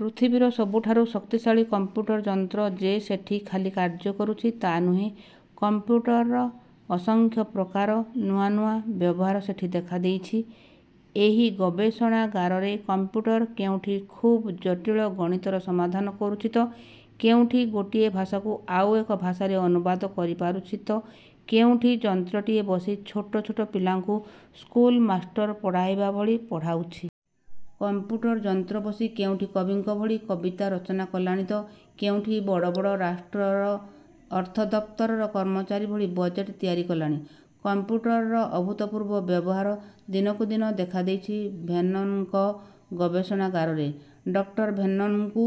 ପୃଥିବୀର ସବୁଠାରୁ ଶକ୍ତିଶାଳୀ କଂପ୍ୟୁଟର ଯନ୍ତ୍ର ଯେ ସେଠି ଖାଲି କାର୍ଯ୍ୟ କରୁଛି ତା ନୁହେଁ, କମ୍ପ୍ୟୁଟରର ଅସଂଖ୍ୟ ପ୍ରକାର ନୂଆ ନୂଆ ବ୍ୟବହାର ସେଠି ଦେଖାଦେଇଛି। ଏହି ଗବେଷଣାଗାରରେ କଂପ୍ୟୁଟର କେଉଁଠି ଖୁବ୍ ଜଟିଳ ଗଣିତର ସମାଧାନ କରୁଛି ତ କେଉଁଠି ଗୋଟିଏ ଭାଷାକୁ ଆଉ ଏକ ଭାଷାରେ ଅନୁବାଦ କରିପାରୁଛି ତ କେଉଁଠି ଯନ୍ତ୍ରଟିଏ ବସି ଛୋଟ ଛୋଟ ପିଲାଙ୍କୁ ସ୍କୁଲମାଷ୍ଟର ପଢ଼ାଇବାଭଳି ପଢ଼ାଉଛି। କମ୍ପ୍ୟୁଟର ଯନ୍ତ୍ର ବସି କେଉଁଠି କବିଙ୍କ ଭଳି କବିତା ରଚନା କଲାଣି ତ କେଉଁଠି ବଡ଼ ବଡ଼ ରାଷ୍ଟ୍ରର ଅର୍ଥଦପ୍ତରର କର୍ମଚାରୀ ଭଳି ବଜେଟ ତିଆରି କଲାଣି। କମ୍ପ୍ୟୁଟରର ଅଭୂତପୂର୍ବ ବ୍ୟବହାର ଦିନକୁ ଦିନ ଦେଖାଦେଇଛି ଭେର୍ନନ୍ଙ୍କ ଗବେଷଣାଗାରରେ। ଡକ୍ଟର ଭେର୍ନନ୍ଙ୍କୁ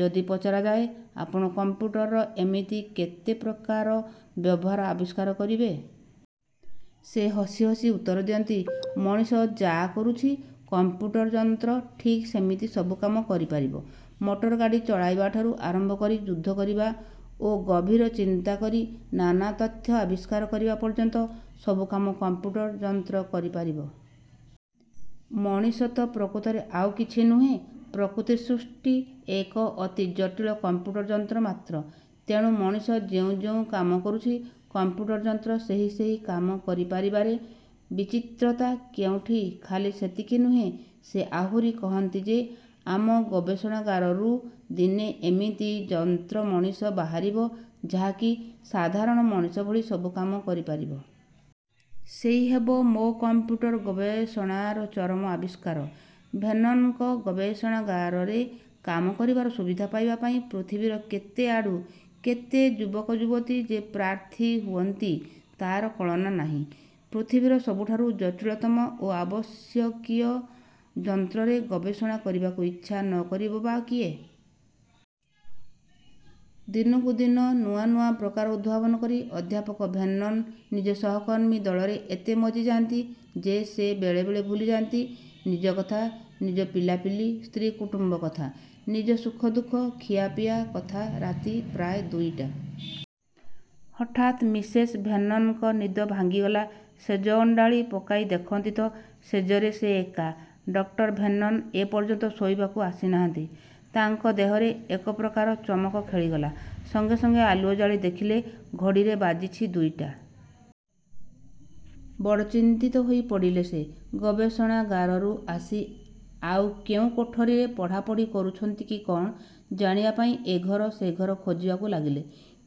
ଯଦି ପଚରାଯାଏ, ଆପଣ କମ୍ପ୍ୟୁଟରର ଏମିତି କେତେ ପ୍ରକାର ବ୍ୟବହାର ଆବିଷ୍କାର କରିବେ? ସେ ହସି ହସି ଉତ୍ତର ଦିଅନ୍ତି, 'ମଣିଷ ଯା' କରୁଛି, କଂପ୍ୟୁଟର ଯନ୍ତ୍ର ଠିକ୍ ସେମିତି ସବୁ କାମ କରିପାରିବ। ମଟରଗାଡ଼ି ଚଳାଇବାଠାରୁ ଆରମ୍ଭକରି ଯୁଦ୍ଧ କରିବା ଓ ଗଭୀର ଚିନ୍ତାକରି ନାନା ତଥ୍ୟ ଆବିଷ୍କାର କରିବା ପର୍ଯ୍ୟନ୍ତ ସବୁ କାମ କମ୍ପ୍ୟୁଟର ଯନ୍ତ୍ର କରିପାରିବ। ମଣିଷ ତ ପ୍ରକୃତରେ ଆଉ କିଛି ନୁହେଁ ପ୍ରକୃତିସୃଷ୍ଟି ଏକ ଅତି ଜଟିଳ କମ୍ପ୍ୟୁଟର ଯନ୍ତ୍ର ମାତ୍ର। ତେଣୁ ମଣିଷ ଯେଉଁ ଯେଉଁ କାମ କରୁଛି, କମ୍ପ୍ୟୁଟର ଯନ୍ତ୍ର ସେହି ସେହି କାମ କରି ପାରିବାରେ ବିଚିତ୍ରତା କେଉଁଠି ଖାଲି ସେତିକି ନୁହେଁ, ସେ ଆହୁରି କହନ୍ତି ଯେ, 'ଆମ ଗବେଷଣାଗାରରୁ ଦିନେ ଏମିତି ଯନ୍ତ୍ରମଣିଷ ବାହାରିବ, ଯାହାକି ସାଧାରଣ ମଣିଷ ଭଳି ସବୁ କାମ କରିପାରିବ। ସେଇ ହେବ ମୋ କମ୍ପ୍ୟୁଟର ଗବେଷଣାର ଚରମ ଆବିଷ୍କାର। ଭେର୍ନନ୍ଙ୍କ ଗବେଷଣାଗାରରେ କାମ କରିବାର ସୁବିଧା ପାଇବା ପାଇଁ ପୃଥିବୀର କେତେ ଆଡ଼ୁ କେତେ ଯୁବକଯୁବତୀ ଯେ ପ୍ରାର୍ଥୀ ହୁଅନ୍ତି, ତା'ର କଳନା ନାହିଁ। ପୃଥିବୀର ସବୁଠାରୁ ଜଟିଳତମ ଓ ଆବଶ୍ୟକୀୟ ଯନ୍ତ୍ରରେ ଗବେଷଣା କରିବାକୁ ଇଚ୍ଛା ନ କରିବ ବା କିଏ? ଦିନକୁ ଦିନ ନୂଆ ନୂଆ ପ୍ରକାର ଉଦ୍ଭାବନ କରି ଅଧ୍ୟାପକ ଭେର୍ନନ୍ ନିଜ ସହକର୍ମୀ ଦଳରେ ଏତେ ମଜ୍ଜି ଯାଆନ୍ତି ଯେ ସେ ବେଳେ ବେଳେ ଭୁଲିଯାନ୍ତି ନିଜ କଥା, ନିଜ ପିଲାପିଲି, ସ୍ତ୍ରୀକୁଟୁମ୍ବ କଥା। ନିଜ ସୁଖଦୁଃଖ, ଖିଆପିଆ କଥା ରାତି ପ୍ରାୟ ଦୁଇଟା। ହଠାତ୍ ମିସେସ୍ ଭେର୍ନନ୍ଙ୍କ ନିଦ ଭାଙ୍ଗିଗଲା ଶେଯ ଅଣ୍ଡାଳି ପକାଇ ଦେଖନ୍ତି ତ ଶେଯରେ ସେ ଏକା ଡକ୍ଟର ଭେର୍ନନ୍ ଏ ପର୍ଯ୍ୟନ୍ତ ଶୋଇବାକୁ ଆସି ନାହାନ୍ତି। ତାଙ୍କ ଦେହରେ ଏକ ପ୍ରକାର ଚମକ ଖେଳିଗଲା। ସଙ୍ଗେ ସଙ୍ଗେ ଆଲୁଅ ଜାଳି ଦେଖିଲେ ଘଡ଼ିରେ ବାଜିଛି ଦୁଇଟା। ବଡ଼ ଚିନ୍ତିତ ହୋଇ ପଡ଼ିଲେ ସେ ଗବେଷଣାଗାରରୁ ଆସି ଆଉ କେଉଁ କୋଠରୀରେ ପଢ଼ାପଢ଼ି କରୁଛନ୍ତି କି କଅଣ ଜାଣିବା ପାଇଁ ଏ ଘର ସେଘର ଖୋଜିବାକୁ ଲାଗିଲେ।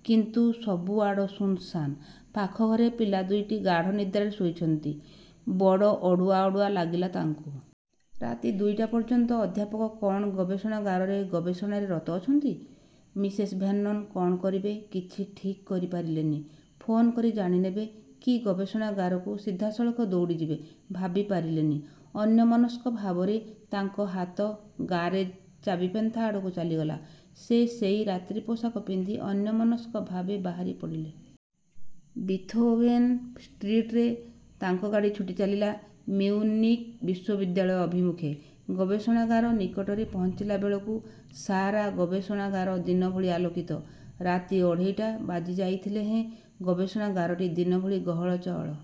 କିନ୍ତୁ ସବୁ ଆଡ଼ ଶୂନଶାନ୍। ପାଖ ଘରେ ପିଲା ଦୁଇଟି ଗାଢ଼ନିଦ୍ରାରେ ଶୋଇଛନ୍ତି। ବଡ଼ ଅଡ଼ୁଆ ଅଡ଼ୁଆ ଲାଗିଲା ତାଙ୍କୁ। ରାତି ଦୁଇଟା ପର୍ଯ୍ୟନ୍ତ ଅଧ୍ୟାପକ କ'ଣ ଗବେଷଣାଗାରରେ ଗବେଷଣାରେ ରତ ଅଛନ୍ତି? ମିସେସ୍ ଭେର୍ନନ୍ କଣ କରିବେ କିଛି ଠିକ୍ କରିପାରିଲେନି। ଫୋନ୍ କରି ଜାଣିନେବେ, କି ଗବେଷଣାଗାରକୁ ସିଧାସଳଖ ଦୌଡ଼ିଯିବେ, ଭାବିପାରିଲେନି। ଅନ୍ୟମନସ୍କ ଭାବରେ ତାଙ୍କ ହାତ ଗାରେଜ୍ ଚାବିପେନ୍ଥା ଆଡ଼କୁ ଚାଲିଗଲା। ସେ ସେଇ ରାତ୍ରିପୋଷାକ ପିନ୍ଧି ଅନ୍ୟମନସ୍କ ଭାବେ ବାହାରି ପଡ଼ିଲେ। ବିଥୋଭେନ୍ ଷ୍ଟ୍ରୀଟରେ ତାଙ୍କ ଗାଡ଼ି ଛୁଟି ଚାଲିଲା ମିଉନିକ୍ ବିଶ୍ୱବିଦ୍ୟାଳୟ ଅଭିମୁଖେ। ଗବେଷଣାଗାର ନିକଟରେ ପହଞ୍ଚିଲାବେଳକୁ ସାରା ଗବେଷଣାଗାର ଦିନଭଳି ଆଲୋକିତ। ରାତି ଅଢ଼େଇଟା ବାଜି ଯାଇଥିଲେ ହେଁ ଗବେଷଣାଗାରଟି ଦିନଭଳି ଗହଳ ଚହଳ-